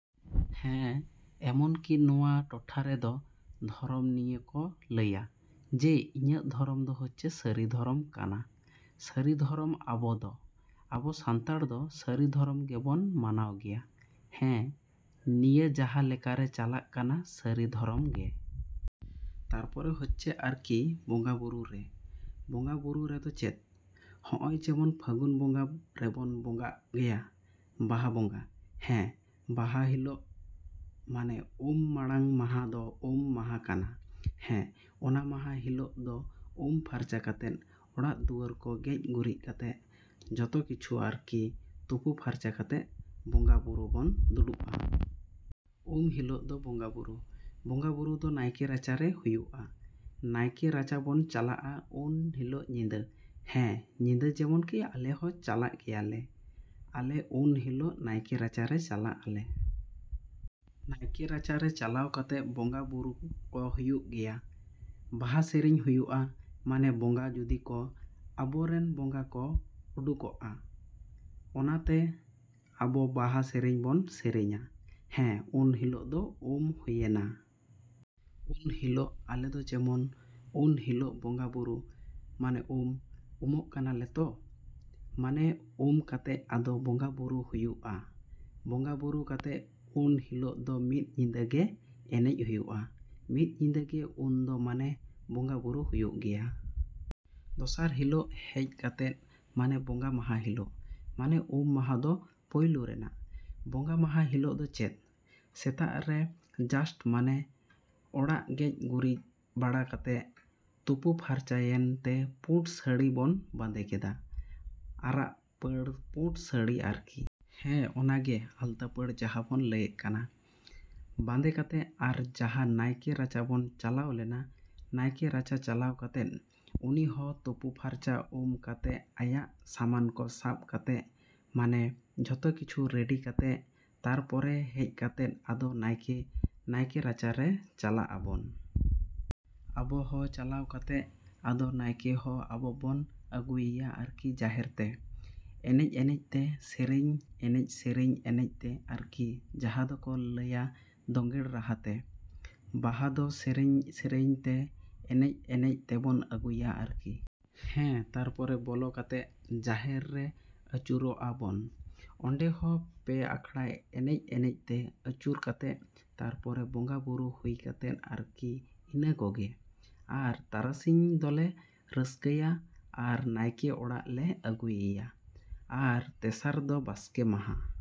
ᱦᱮᱸ, ᱮᱢᱚᱱᱠᱤ ᱱᱚᱣᱟ ᱴᱚᱴᱷᱟ ᱨᱮᱫᱚ ᱫᱷᱚᱨᱚᱢ ᱱᱤᱭᱮ ᱠᱚ ᱞᱟᱹᱭᱟ, ᱡᱮ ᱤᱧᱟᱜ ᱫᱷᱚᱨᱚᱢ ᱫᱚ ᱦᱚᱪᱪᱷᱮ ᱥᱟᱹᱨᱤ ᱫᱷᱚᱨᱚᱢ ᱠᱟᱱᱟ᱾ ᱥᱟᱹᱨᱤ ᱫᱷᱚᱨᱚᱢ ᱟᱵᱚ ᱫᱚ, ᱟᱵᱚ ᱥᱟᱱᱛᱟᱲ ᱫᱚ ᱥᱟᱹᱨᱤ ᱫᱷᱚᱨᱚᱢ ᱜᱮᱵᱚᱱ ᱢᱟᱱᱟᱣ ᱜᱮᱭᱟ᱾ ᱦᱮᱸ, ᱱᱤᱭᱟᱹ ᱡᱟᱦᱟᱸ ᱞᱮᱠᱟᱨᱮ ᱪᱟᱞᱟᱜ ᱠᱟᱱᱟ ᱥᱟᱹᱨᱤ ᱫᱷᱚᱨᱚᱢ ᱜᱮ᱾ ᱛᱟᱨᱯᱚᱨᱮ ᱦᱚᱪᱪᱷᱮ ᱟᱨᱠᱤ ᱵᱚᱸᱜᱟᱼᱵᱩᱨᱩ ᱨᱮ, ᱵᱚᱸᱜᱟᱼᱵᱩᱨᱩ ᱨᱮᱫᱚ ᱪᱮᱫ? ᱦᱚᱸᱜᱼᱚᱭ ᱡᱮᱢᱚᱱ ᱯᱷᱟᱹᱜᱩᱱ ᱵᱚᱸᱜᱟ ᱨᱮᱵᱚᱱ ᱵᱚᱸᱜᱟᱜ ᱜᱮᱭᱟ, ᱵᱟᱦᱟ ᱵᱚᱸᱜᱟ᱾ ᱦᱮᱸ, ᱵᱟᱦᱟ ᱦᱤᱞᱳᱜ, ᱢᱟᱱᱮ ᱩᱢ ᱢᱟᱲᱟᱝ ᱢᱟᱦᱟ ᱫᱚ ᱩᱢ ᱢᱟᱦᱟ ᱠᱟᱱᱟ᱾ ᱦᱮᱸ, ᱚᱱᱟ ᱢᱟᱦᱟ ᱦᱤᱞᱳᱜ ᱫᱚ ᱩᱢ ᱯᱷᱟᱨᱪᱟ ᱠᱟᱛᱮᱜ, ᱚᱲᱟᱜ ᱫᱩᱣᱟᱹᱨ ᱠᱚ ᱜᱮᱡ ᱜᱩᱨᱤᱡ ᱠᱟᱛᱮᱜ, ᱡᱚᱛᱚ ᱠᱤᱪᱷᱩ ᱟᱨᱠᱤ ᱛᱩᱯᱩ ᱯᱷᱟᱨᱪᱟ ᱠᱟᱛᱮᱜ, ᱵᱚᱸᱜᱟᱼᱵᱩᱨᱩ ᱵᱚᱱ ᱫᱩᱲᱩᱵᱟ᱾ ᱩᱢ ᱦᱤᱞᱳᱜ ᱫᱚ ᱵᱚᱸᱜᱟᱼᱵᱩᱨᱩ, ᱵᱚᱸᱜᱟᱼᱵᱩᱨᱩ ᱫᱚ ᱱᱟᱭᱠᱮ ᱨᱟᱪᱟ ᱨᱮ ᱦᱩᱭᱩᱜᱼᱟ᱾ ᱱᱟᱭᱠᱮ ᱨᱟᱪᱟ ᱵᱚᱱ ᱪᱟᱞᱟᱜᱼᱟ ᱩᱱ ᱦᱤᱞᱚᱜ ᱧᱤᱫᱟᱹ᱾ ᱦᱮᱸ, ᱧᱤᱫᱟᱹ ᱡᱮᱢᱚᱱᱠᱤ ᱟᱞᱮ ᱦᱚᱸ ᱪᱟᱞᱟᱜ ᱜᱮᱭᱟ ᱞᱮ᱾ ᱟᱞᱮ ᱩᱱ ᱦᱤᱞᱳᱜ ᱱᱟᱭᱠᱮ ᱨᱟᱪᱟ ᱨᱮ ᱪᱟᱞᱟᱜ ᱟᱞᱮ᱾ ᱱᱟᱭᱠᱮ ᱨᱟᱪᱟ ᱨᱮ ᱪᱟᱞᱟᱣ ᱠᱟᱛᱮᱜ ᱵᱚᱸᱜᱟᱼᱵᱩᱨᱩ ᱠᱚ ᱦᱩᱭᱩᱜ ᱜᱮᱭᱟ᱾ ᱵᱟᱦᱟ ᱥᱮᱨᱮᱧ ᱦᱩᱭᱩᱜᱼᱟ, ᱢᱟᱱᱮ ᱵᱚᱸᱜᱟ ᱡᱩᱫᱤ ᱠᱚ, ᱟᱵᱚ ᱨᱮᱱ ᱵᱚᱸᱜᱟ ᱠᱚ ᱩᱰᱩᱠᱚᱜᱼᱟ, ᱚᱱᱟᱛᱮ ᱟᱵᱚ ᱵᱟᱦᱟ ᱥᱮᱨᱮᱧ ᱵᱚᱱ ᱥᱮᱨᱮᱧᱟ᱾ ᱦᱮᱸ, ᱩᱱ ᱦᱤᱞᱚᱜ ᱫᱚ ᱩᱢ ᱦᱩᱭᱮᱱᱟ᱾ ᱩᱱ ᱦᱤᱞᱳᱜ ᱟᱞᱮ ᱫᱚ ᱡᱮᱢᱚᱱ ᱩᱱ ᱦᱤᱞᱳᱜ ᱵᱚᱸᱜᱟᱼᱵᱩᱨᱩ, ᱢᱟᱱᱮ ᱩᱢ, ᱩᱢᱚᱜ ᱠᱟᱱᱟ ᱞᱮ ᱛᱚ, ᱢᱟᱱᱮ ᱩᱢ ᱠᱟᱛᱮᱜ ᱟᱫᱚ ᱵᱚᱸᱜᱟᱼᱵᱩᱨᱩ ᱦᱩᱭᱩᱜᱼᱟ᱾ ᱵᱚᱸᱜᱟᱼᱵᱩᱨᱩ ᱠᱟᱛᱮᱜ ᱩᱱ ᱦᱤᱞᱳᱜ ᱫᱚ ᱢᱤᱫ ᱧᱤᱫᱟᱹ ᱜᱮ ᱮᱱᱮᱡ ᱦᱩᱭᱩᱜᱼᱟ᱾ ᱢᱤᱫ ᱧᱤᱫᱟᱹ ᱜᱮ ᱩᱱ ᱫᱚ ᱢᱟᱱᱮ ᱵᱚᱸᱜᱟᱼᱵᱩᱨᱩ ᱦᱩᱭᱩᱜ ᱜᱮᱭᱟ᱾ ᱫᱚᱥᱟᱨ ᱦᱤᱞᱳᱜ, ᱦᱮᱡ ᱠᱟᱛᱮᱜ ᱢᱟᱱᱮ ᱵᱚᱸᱜᱟ ᱢᱟᱦᱟ ᱦᱤᱞᱳᱜ, ᱢᱟᱱᱮ ᱩᱢ ᱢᱟᱦᱟ ᱫᱚ ᱯᱳᱭᱞᱩ ᱨᱮᱱᱟᱜ᱾ ᱵᱚᱸᱜᱟ ᱢᱟᱦᱟ ᱦᱤᱞᱳᱜ ᱫᱚ ᱪᱮᱫ? ᱥᱮᱛᱟᱜ ᱨᱮ ᱡᱟᱥᱴ ᱢᱟᱱᱮ, ᱚᱲᱟᱜ ᱜᱮᱡ ᱜᱩᱨᱤᱡᱵᱟᱲᱟ ᱠᱟᱛᱮ, ᱛᱩᱯᱩ ᱯᱷᱟᱨᱪᱟᱭᱮᱱ ᱛᱮ ᱯᱩᱸᱰ ᱥᱟᱹᱲᱤ ᱵᱚᱱ ᱵᱟᱸᱫᱮ ᱠᱮᱫᱟ, ᱟᱨᱟᱜ ᱯᱟᱹᱲ ᱯᱩᱸᱰ ᱥᱟᱹᱲᱤ ᱟᱨᱠᱤ᱾ ᱦᱮᱸ, ᱚᱱᱟ ᱜᱮ ᱟᱞᱛᱟ ᱯᱟᱹᱲ ᱡᱟᱦᱟᱸ ᱵᱚᱱ ᱞᱟᱹᱭᱮᱜ ᱠᱟᱱᱟ ᱾ ᱵᱟᱸᱫᱮ ᱠᱟᱛᱮᱜ ᱟᱨ ᱡᱟᱦᱟᱸ ᱱᱟᱭᱠᱮ ᱨᱟᱪᱟ ᱵᱚᱱ ᱪᱟᱞᱟᱣ ᱞᱮᱱᱟ, ᱱᱟᱭᱠᱮ ᱨᱟᱪᱟ ᱪᱟᱞᱟᱣ ᱠᱟᱛᱮᱜ ᱩᱱᱤ ᱦᱚᱸ ᱛᱩᱯᱩ ᱯᱷᱟᱨᱪᱟ ᱩᱢ ᱠᱟᱛᱮᱜ ᱟᱭᱟᱜ ᱥᱟᱢᱟᱱ ᱠᱚ ᱥᱟᱵ ᱠᱟᱛᱮᱜ, ᱢᱟᱱᱮ ᱡᱷᱚᱛᱚ ᱠᱤᱪᱷᱩ ᱨᱮᱰᱤ ᱠᱟᱛᱮᱜ ᱛᱟᱨᱯᱚᱨᱮ ᱦᱮᱡ ᱠᱟᱛᱮᱜ ᱟᱫᱚ ᱱᱟᱭᱠᱮ, ᱱᱟᱭᱠᱮ ᱨᱟᱪᱟ ᱨᱮ ᱪᱟᱞᱟᱜ ᱟᱵᱚᱱ᱾ ᱟᱵᱚ ᱦᱚᱸ ᱪᱟᱞᱟᱣ ᱠᱟᱛᱮᱜ ᱟᱫᱚ ᱱᱟᱭᱠᱮ ᱦᱚᱸ ᱟᱵᱚ ᱵᱚᱱ ᱟᱹᱜᱩᱭᱮᱭᱟ ᱟᱨᱠᱤ ᱡᱟᱦᱮᱨ ᱛᱮ᱾ ᱮᱱᱮᱡᱼᱮᱱᱮᱡ ᱛᱮ, ᱥᱮᱨᱮᱧ ᱮᱱᱮᱡ ᱥᱮᱨᱮᱧ ᱮᱱᱮᱡ ᱛᱮ ᱟᱨᱠᱤ ᱡᱟᱦᱟᱸ ᱫᱚᱠᱚ ᱞᱟᱹᱭᱟ ᱫᱳᱸᱜᱮᱲ ᱨᱟᱦᱟ ᱛᱮ᱾ ᱵᱟᱦᱟ ᱫᱚ ᱥᱮᱨᱮᱧᱼᱥᱮᱨᱮᱧ ᱛᱮ, ᱮᱱᱮᱡᱼᱮᱱᱮᱡ ᱛᱮᱵᱚᱱ ᱟᱹᱜᱩᱭᱟ ᱟᱨᱠᱤ᱾ ᱦᱮᱸ, ᱛᱟᱨᱯᱚᱨᱮ ᱵᱚᱞᱚ ᱠᱟᱛᱮᱜ ᱡᱟᱦᱮᱨ ᱨᱮ ᱟᱹᱪᱩᱨᱚᱜ-ᱟ ᱵᱚᱱ᱾ ᱚᱸᱰᱮ ᱦᱚᱸ ᱯᱮ ᱟᱠᱷᱲᱟ ᱮᱱᱮᱡᱼᱮᱱᱮᱡ ᱛᱮ ᱟᱹᱪᱩᱨ ᱠᱟᱛᱮᱜ ᱛᱟᱨᱯᱚᱨᱮ ᱵᱚᱸᱜᱟᱼᱵᱩᱨᱩ ᱦᱩᱭ ᱠᱟᱛᱮᱜ ᱟᱨᱠᱤ ᱤᱱᱟᱹ ᱠᱚ ᱜᱮ᱾ ᱟᱨ ᱛᱟᱨᱟᱥᱤᱧ ᱫᱚᱞᱮ ᱨᱟᱹᱥᱠᱟᱹᱭ -ᱟ ᱟᱨ ᱱᱟᱭᱠᱮ ᱚᱲᱟᱜ ᱞᱮ ᱟᱹᱜᱩᱭᱮᱭᱟ ᱾ ᱟᱨ ᱛᱮᱥᱟᱨ ᱫᱚ ᱵᱟᱥᱠᱮ ᱢᱟᱦᱟ ᱾